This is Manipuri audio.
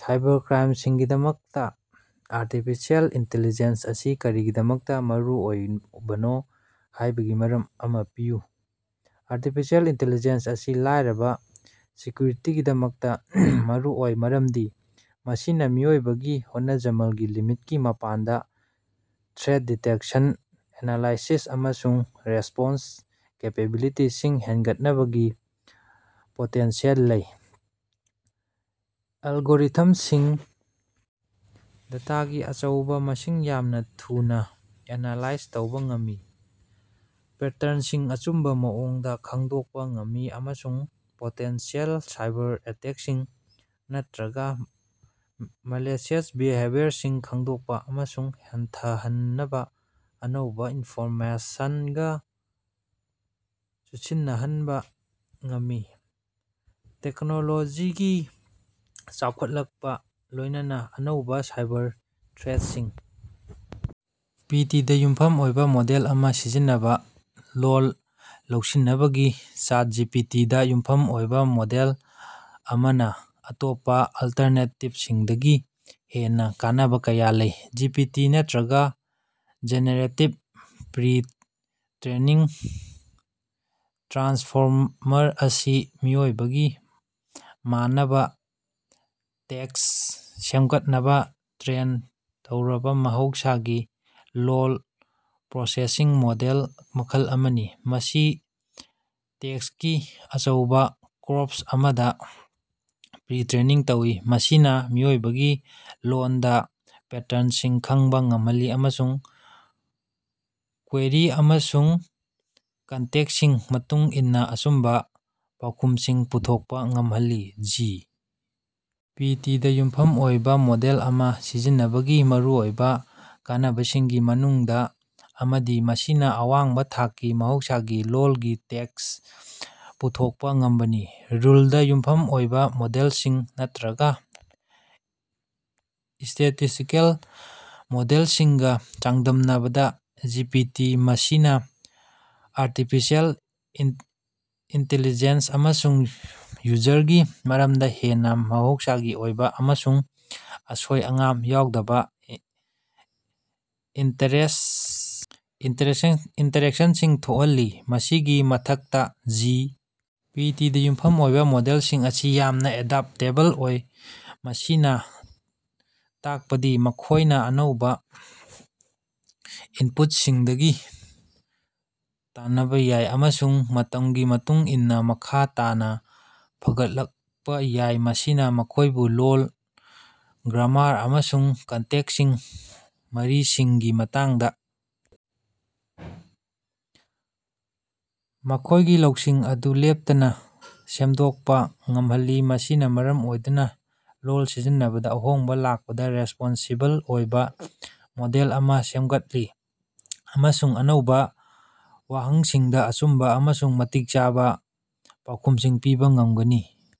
ꯁꯥꯏꯕꯔ ꯁꯦꯀ꯭ꯌꯨꯔꯤꯇꯤꯒꯤꯗꯃꯛꯇ ꯑꯥꯔꯇꯤꯐꯤꯁꯤꯑꯦꯜ ꯏꯟꯇꯤꯂꯤꯖꯦꯟꯁ ꯑꯁꯤ ꯀꯔꯤꯒꯤꯗꯃꯛꯇ ꯃꯔꯨꯑꯣꯏꯕꯅꯣ ꯍꯥꯏꯕꯒꯤ ꯃꯔꯝ ꯑꯃ ꯄꯤꯌꯨ꯫ ꯑꯥꯔꯇꯤꯐꯤꯁꯤꯑꯦꯜ ꯏꯟꯇꯤꯂꯤꯖꯦꯟꯁ ꯑꯁꯤ ꯁꯥꯏꯕꯔ ꯁꯦꯀ꯭ꯌꯨꯔꯤꯇꯤꯒꯤꯗꯃꯛꯇ ꯃꯔꯨꯑꯣꯏ ꯃꯔꯝꯗꯤ ꯃꯁꯤꯅ ꯃꯤꯑꯣꯏꯕꯒꯤ ꯍꯣꯠꯅꯖꯃꯜꯒꯤ ꯂꯤꯃꯤꯠꯀꯤ ꯃꯄꯥꯟꯗ ꯊ꯭ꯔꯦꯠ ꯗꯤꯇꯦꯛꯁꯟ, ꯑꯦꯅꯥꯂꯥꯏꯁꯤꯁ ꯑꯃꯁꯨꯡ ꯔꯦꯁ꯭ꯄꯣꯟꯁ ꯀꯦꯄꯦꯕꯤꯂꯤꯇꯤꯁꯤꯡ ꯍꯦꯡꯒꯠꯍꯅꯕꯒꯤ ꯄꯣꯇꯦꯟꯁꯤꯑꯦꯜ ꯂꯩ꯫ ꯑꯦꯜꯒꯣꯔꯤꯊꯝꯁꯤꯡꯅ ꯗꯦꯇꯥꯒꯤ ꯑꯆꯧꯕ ꯃꯁꯤꯡ ꯌꯥꯝꯅ ꯊꯨꯅ ꯑꯦꯅꯥꯂꯥꯏꯖ ꯇꯧꯕ ꯉꯝꯃꯤ, ꯄꯦꯇ꯭ꯔꯟꯁꯤꯡ ꯑꯆꯨꯝꯕ ꯃꯑꯣꯡꯗ ꯈꯪꯗꯣꯛꯄ ꯉꯝꯃꯤ ꯑꯃꯁꯨꯡ ꯄꯣꯇꯦꯟꯁꯤꯑꯦꯜ ꯁꯥꯏꯕꯔ ꯑꯦꯇꯦꯀꯁꯤꯡ ꯅꯠꯇꯔꯒ ꯃꯥꯂꯤꯁꯤꯌ꯭ꯁ ꯕꯤꯍꯦꯕꯤꯌꯔꯁꯤꯡ ꯈꯪꯗꯣꯛꯄ ꯑꯃꯁꯨꯡ ꯍꯟꯊꯍꯟꯅꯕ ꯑꯅꯧꯕ ꯏꯟꯐꯣꯔꯃꯦꯁꯒ ꯆꯨꯁꯤꯟꯅꯍꯕ ꯉꯝꯃꯤ꯫ ꯇꯦꯛꯅꯣꯂꯣꯖꯤꯒꯤ ꯆꯥꯎꯈꯠꯂꯛꯄ ꯂꯣꯏꯅꯅ ꯑꯅꯧꯕ ꯁꯥꯏꯕꯔ ꯊ꯭ꯔꯦꯠꯁꯤꯡ ꯄꯤ. ꯇꯤ. ꯗ ꯌꯨꯝꯐꯝ ꯑꯣꯏꯕ ꯃꯣꯗꯦꯜ ꯑꯃ ꯁꯤꯖꯤꯟꯅꯕ꯫ ꯂꯣꯜ ꯂꯧꯁꯤꯅꯕꯒꯤ ꯆꯥꯠ ꯖꯤ. ꯄꯤ. ꯇꯤ. ꯗꯥ ꯌꯨꯝꯐꯝ ꯑꯣꯏꯕ ꯃꯣꯗꯦꯜ ꯑꯃꯅ ꯑꯇꯣꯞꯄ ꯑꯜꯇꯔꯅꯦꯇꯤꯕꯁꯤꯡꯗꯒꯤ ꯍꯦꯟꯅ ꯀꯥꯟꯅꯕ ꯀꯌꯥ ꯂꯩ꯫ ꯖꯤ. ꯄꯤ. ꯇꯤ., ꯅꯠꯇꯔꯒ ꯖꯦꯅꯦꯔꯦꯇꯤꯕ ꯄ꯭ꯔꯤ-ꯇ꯭ꯔꯦꯅꯤꯡ ꯇ꯭ꯔꯥꯟꯁꯐꯣꯔꯃꯔ ꯑꯁꯤ ꯃꯤꯑꯣꯏꯕꯒꯤ ꯃꯥꯟꯅꯕ ꯇꯦꯛꯁ ꯁꯦꯝꯒꯠꯅꯕ ꯇ꯭ꯔꯦꯟ ꯇꯧꯔꯕ ꯃꯍꯧꯁꯥꯒꯤ ꯂꯣꯜ ꯄ꯭ꯔꯣꯁꯦꯁꯤꯡ ꯃꯣꯗꯦꯜ ꯃꯈꯜ ꯑꯃꯅꯤ꯫ ꯃꯁꯤ ꯇꯦꯛꯁꯀꯤ ꯑꯆꯧꯕ ꯀꯣꯔꯄ꯭ꯁ ꯑꯃꯗ ꯄ꯭ꯔꯤ-ꯇ꯭ꯔꯦꯅꯤꯡ ꯇꯧꯏ, ꯃꯁꯤꯅ ꯃꯤꯑꯣꯏꯕꯒꯤ ꯂꯣꯟꯗ ꯄꯦꯇꯔꯟꯁꯤꯡ ꯈꯪꯕ ꯉꯝꯍꯜꯂꯤ ꯑꯃꯁꯨꯡ ꯀ꯭ꯋꯦꯔꯤ ꯑꯃꯁꯨꯡ ꯀꯟꯇꯦꯛꯁꯀꯤ ꯃꯇꯨꯡ ꯏꯟꯅ ꯑꯆꯨꯝꯕ ꯄꯥꯎꯈꯨꯝꯁꯤꯡ ꯄꯨꯊꯣꯛꯄ ꯉꯝꯍꯜꯂꯤ꯫ ꯖꯤ. ꯄꯤ. ꯇꯤ. ꯗ ꯌꯨꯝꯐꯝ ꯑꯣꯏꯕ ꯃꯣꯗꯦꯜ ꯑꯃ ꯁꯤꯖꯤꯟꯅꯕꯒꯤ ꯃꯔꯨꯑꯣꯏꯕ ꯀꯥꯟꯅꯕꯁꯤꯡꯒꯤ ꯃꯅꯨꯡꯗ ꯑꯃꯗꯤ ꯃꯁꯤꯅ ꯑꯋꯥꯡꯕ ꯊꯥꯛꯀꯤ ꯃꯍꯧꯁꯥꯒꯤ ꯂꯣꯜꯒꯤ ꯇꯦꯛꯁ ꯄꯨꯊꯣꯛꯄ ꯉꯝꯕꯅꯤ꯫ ꯔꯨꯜꯗ ꯌꯨꯝꯐꯝ ꯑꯣꯏꯕ ꯃꯣꯗꯦꯂꯁꯤꯡ ꯅꯠꯇꯔꯒ ꯁ꯭ꯇꯦꯇꯤꯁ꯭ꯇꯤꯀꯦꯜ ꯃꯣꯗꯦꯜꯁꯤꯡꯒ ꯆꯥꯡꯗꯝꯅꯕꯗ, ꯖꯤ. ꯄꯤ. ꯇꯤ. ꯃꯁꯤꯅ ꯑꯥꯔꯇꯤꯐꯤꯁꯤꯑꯦꯜ ꯏꯟꯇꯦꯜꯂꯤꯖꯦꯟꯁ ꯑꯃꯁꯨꯡ ꯌꯨꯖꯔꯒꯤ ꯃꯔꯛꯇ ꯍꯦꯟꯅ ꯃꯍꯧꯁꯥꯒꯤ ꯑꯣꯏꯕ ꯑꯃꯁꯨꯡ ꯑꯁꯣꯏ-ꯑꯉꯥꯝ ꯌꯥꯎꯗꯕ ꯏꯟꯇꯔꯦꯛꯁꯟꯁꯤꯡ ꯊꯣꯛꯍꯜꯂꯤ꯫ ꯃꯁꯤꯒꯤ ꯃꯊꯛꯇ, ꯖꯤ. ꯄꯤ. ꯇꯤ. ꯗ ꯌꯨꯝꯐꯝ ꯑꯣꯏꯕ ꯃꯣꯗꯦꯜꯁꯤꯡ ꯑꯁꯤ ꯌꯥꯝꯅ ꯑꯦꯗꯞꯇꯦꯕꯜ ꯑꯣꯏ, ꯃꯁꯤꯅ ꯇꯥꯛꯄꯗꯤ ꯃꯈꯣꯏꯅ ꯑꯅꯧꯕ ꯏꯅꯄꯨꯠꯁꯤꯡꯗꯒꯤ ꯇꯅꯕ ꯌꯥꯏ ꯑꯃꯁꯨꯡ ꯃꯇꯝꯒꯤ ꯃꯇꯨꯡ ꯏꯟꯅ ꯃꯈꯥ ꯇꯥꯅ ꯐꯒꯠꯂꯛꯄꯥ ꯌꯥꯏ꯫ ꯃꯁꯤꯅ ꯃꯈꯣꯏꯕꯨ ꯂꯣꯜ, ꯒ꯭ꯔꯥꯃꯥꯔ, ꯑꯃꯁꯨꯡ ꯀꯟꯇꯦꯛꯁꯀꯤ ꯃꯔꯤꯁꯤꯡꯒꯤ ꯃꯇꯥꯡꯗ ꯃꯈꯣꯏꯒꯤ ꯂꯧꯁꯤꯡ ꯑꯗꯨ ꯂꯦꯞꯇꯅ ꯁꯦꯝꯗꯣꯛꯄ ꯉꯝꯍꯜꯂꯤ, ꯃꯁꯤꯅ ꯃꯔꯝ ꯑꯣꯏꯗꯨꯅ ꯂꯣꯜ ꯁꯤꯖꯤꯟꯅꯕꯗ ꯑꯍꯣꯡꯕ ꯂꯥꯛꯄꯗ ꯔꯦꯁ꯭ꯄꯣꯟꯁꯤꯕꯜ ꯑꯣꯏꯕ ꯃꯣꯗꯦꯜ ꯑꯃ ꯁꯦꯝꯒꯠꯂꯤ ꯑꯃꯁꯨꯡ ꯑꯅꯧꯕ ꯋꯥꯍꯪꯁꯤꯡꯗ ꯑꯆꯨꯝꯕ ꯑꯃꯁꯨꯡ ꯃꯇꯤꯛ ꯆꯥꯕ ꯄꯥꯎꯈꯨꯝꯁꯤꯡ ꯄꯤꯕ ꯉꯝꯒꯅꯤ꯫